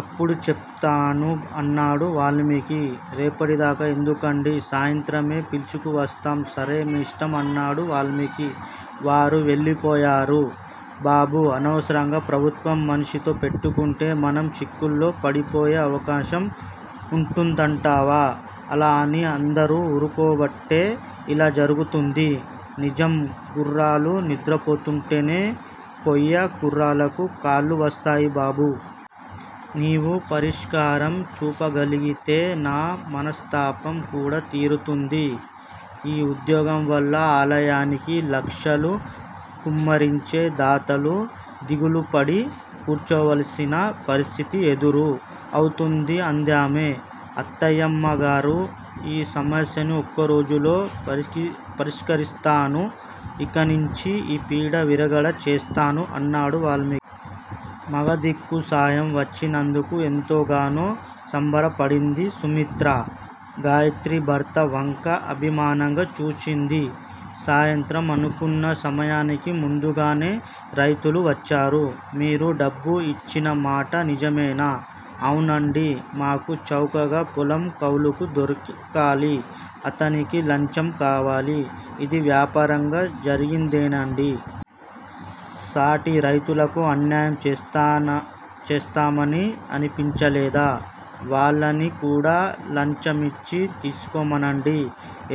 అప్పుడు చెప్తాను అన్నాడు వాల్మీకి! రేపటిదాకా ఎందుకండి. సాయంత్రమే పిలుచుకు వస్తాం సరే మీ యిష్టం అన్నాడు వాల్మీకి. వారు వెళ్ళిపోయారు. బాబూ! అనవసరంగా ప్రభుత్వం మనిషితో పెట్టుకుంటే మనం చిక్కుల్లో పడిపోయే అవకాశం ఉంటుందంటావా? అలా అని అందరూ ఊరుకోబట్టే ఇలా జరుగుతోంది. నిజం గుర్రాలు నిద్రపోతుంటేనే కొయ్య గుర్రాలకు కాళ్ళు వస్తాయి బాబూ! నీవు పరిష్కారం చూపగలిగితే నా మనస్తాపం కూడా తీరుతుంది. ఈ ఉద్యోగం వల్ల ఆలయానికి లక్షలు కుమ్మరించే దాతలు దిగులుపడి కూర్చోవలసిన పరిస్థితి ఎదురు అవుతుంది అందామె. అత్తాయమ్మగారూ! ఈ సమస్యని ఒక్క రోజులో పరిశీ పరిష్కరిస్తాను. ఇకనించి ఈ పీడ విరగడ చేస్తాను అన్నాడు వాల్మీకి. మగదిక్కు సాయం వచ్చినందుకు ఎంతగానో సంబరపడింది సుమిత్ర. గాయత్రి భర్త వంక అభిమానంగా చూచింది. సాయంత్రం అనుకున్న సమయానికి ముందుగానే రైతులు వచ్చారు. మీరు డబ్బు యిచ్చిన మాట నిజమేనా? అవునండి మాకు చౌకగా పొలం కౌలుకు దొరకాలి! అతనికి లంచం కావాలి! ఇది వ్యాపారంగా జరిగిందేనండి! సాటి రైతులకు అన్యాయం చేస్తానా చేస్తామని అనిపించలేదా? వాళ్ళని కూడా లంచమిచ్చి తీసుకోమనండి.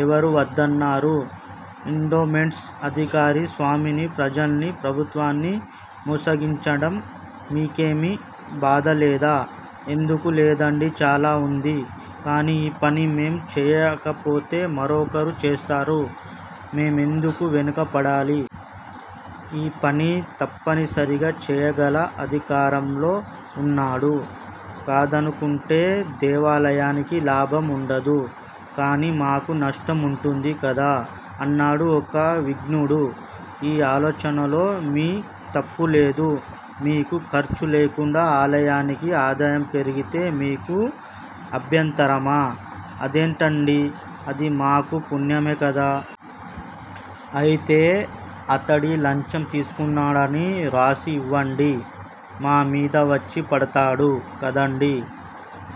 ఎవరు వద్దన్నారు ఎండోమెంట్స్ అధికారి స్వామిని ప్రజల్ని ప్రభుత్వాన్ని మోసగించడం మీకేమీ బాధలేదా? ఎందుకు లేదండి చాలా ఉంది. కాని ఈ పని మేం చేయకపోతే మరొకరు చేస్తారు. మేమెందుకు వెనక పడాలి! ఈ పని తప్పనిసరిగా చేయగల అధికారంలో ఉన్నాడు. కాదనుకుంటే దేవాలయానికి లాభం ఉండదు. కాని మాకు నష్టం ఉంటుంది కదా అన్నాడు ఒక విజ్ఞుడు. ఈ ఆలోచనలో మీ తప్పులేదు. మీకు ఖర్చు లేకుండా ఆలయానికి ఆదాయం పెరిగితే మీకు అభ్యంతరమా. అదేంటండీ! అది మాకూ పుణ్యమే కదా! అయితే అతడి లంచం తీసుకున్నాడని వ్రాసి యివ్వండి!? మా మీదవచ్చి పడతాడు కదండి?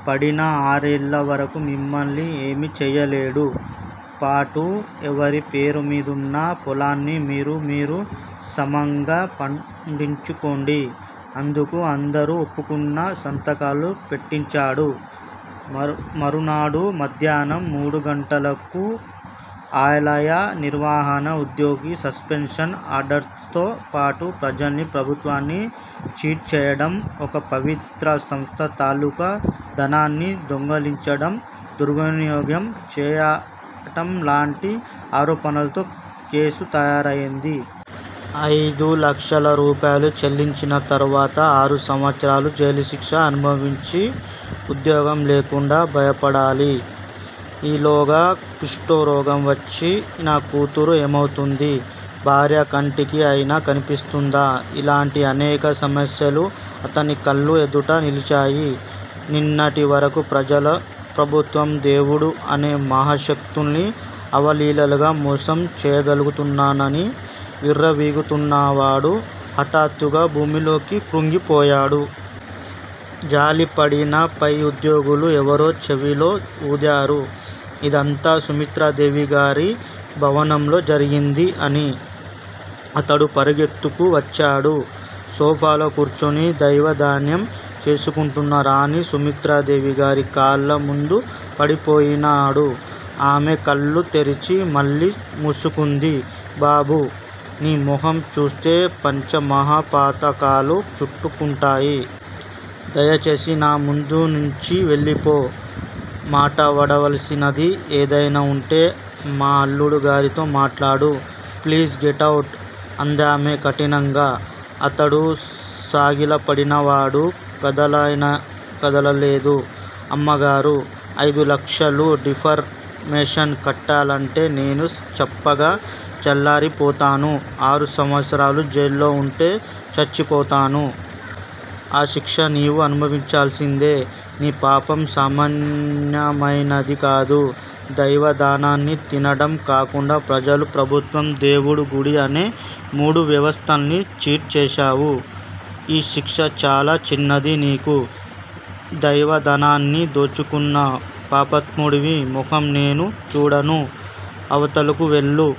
పడినా ఆరేళ్ళ వరకూ మిమ్మల్ని ఏమీ చేయలేడు. పాటు ఎవరి పేరుమీదున్న పొలాన్ని మీరూ మీరూ సమంగా పండించుకోండి! అందుకు అందరూ ఒప్పుకున్నా సంతకాలు పెట్టించాడు. మరు మరునాడు మధ్యాహ్నం మూడు గంటలకు ఆలయ నిర్వహణ ఉద్యోగి సస్పెన్షన్ ఆర్డర్స్ తో పాటు ప్రజల్ని ప్రభుత్వాన్ని చీట్ చేయటం ఒక పవిత్ర సంస్థ తాలూక ధనాన్ని దొంగిలించటం దుర్వినియోగం చేయటంలాంటి ఆరోపణలతో కేసు తయారయింది. అయిదు లక్షల రూపాయలు చెల్లించిన తరువాత ఆరు సంవత్సరాలు జైలు శిక్ష అనుభవించి ఉద్యోగం లేకుండా బయపడాలి. ఈలోగా కుష్టురోగం వచ్చిన కూతురు ఏమవుతుంది? భార్య కంటికి అయినా కన్పిస్తుందా? ఇలాంటి అనేక సమస్యలు అతని కళ్లు ఎదుట నిలిచాయి. నిన్నటి వరకూ ప్రజల ప్రభుత్వం దేవుడు అనే మహాశక్తుల్ని అవలీలగా మోసం చేయగలుగుతున్నానని విర్రవీగుతున్నవాడు హఠాత్తుగా భూమిలోకి కృంగిపోయాడు. జాలిపడిన పై ఉద్యోగులు ఎవరో చెవిలో ఊదారు. ఇదంతా సుమిత్రాదేవిగారి భవనంలో జరిగింది అని! అతడు పరుగెత్తుకు వచ్చాడు. సోఫాలో కూర్చుని దైవధాన్యం చేసుకుంటున్న రాణి సుమిత్రదేవి గారి కాళ్ళ ముందు పడిపోయినాడు. ఆమె కళ్ళు తెరిచి మళ్ళీ మూసుకుంది. బాబూ! నీ ముఖం చూస్తే పంచమహాపాతకాలు చుట్టుకుంటాయి. దయచేసి నా ముందునించి వెళ్ళిపో! మాటాడవలసినది ఏదయినా ఉంటే మా అల్లుడు గారితో మాట్లాడు! Please get out! అందామె కఠినంగా. అతడు సాగిలపడినవాడు కదలనయినా కదలలేదు. అమ్మగారూ! అయిదు లక్షలు డిఫర్ మేషన్ కట్టాలంటే నేను చప్పగా చల్లారిపోతాను. ఆరు సంవత్సరాలు జైల్లో వుంటే చచ్చిపోతాను. ఆ శిక్ష నీవు అనుభవించాల్సిందే! నీ పాపం సామాన్యమయినది కాదు. దైవ దానాన్ని తినటం కాకుండా ప్రజలు ప్రభుత్వం దేవుడు గుడి అనే మూడు వ్యవస్థల్ని ఛీట్ చేశావు, ఈ శిక్ష చాలా చిన్నది నీకు. దైవధనాన్ని దోచుకున్న పాపాత్ముడివి ముఖం నేను చూడను. అవతలకు వెళ్ళు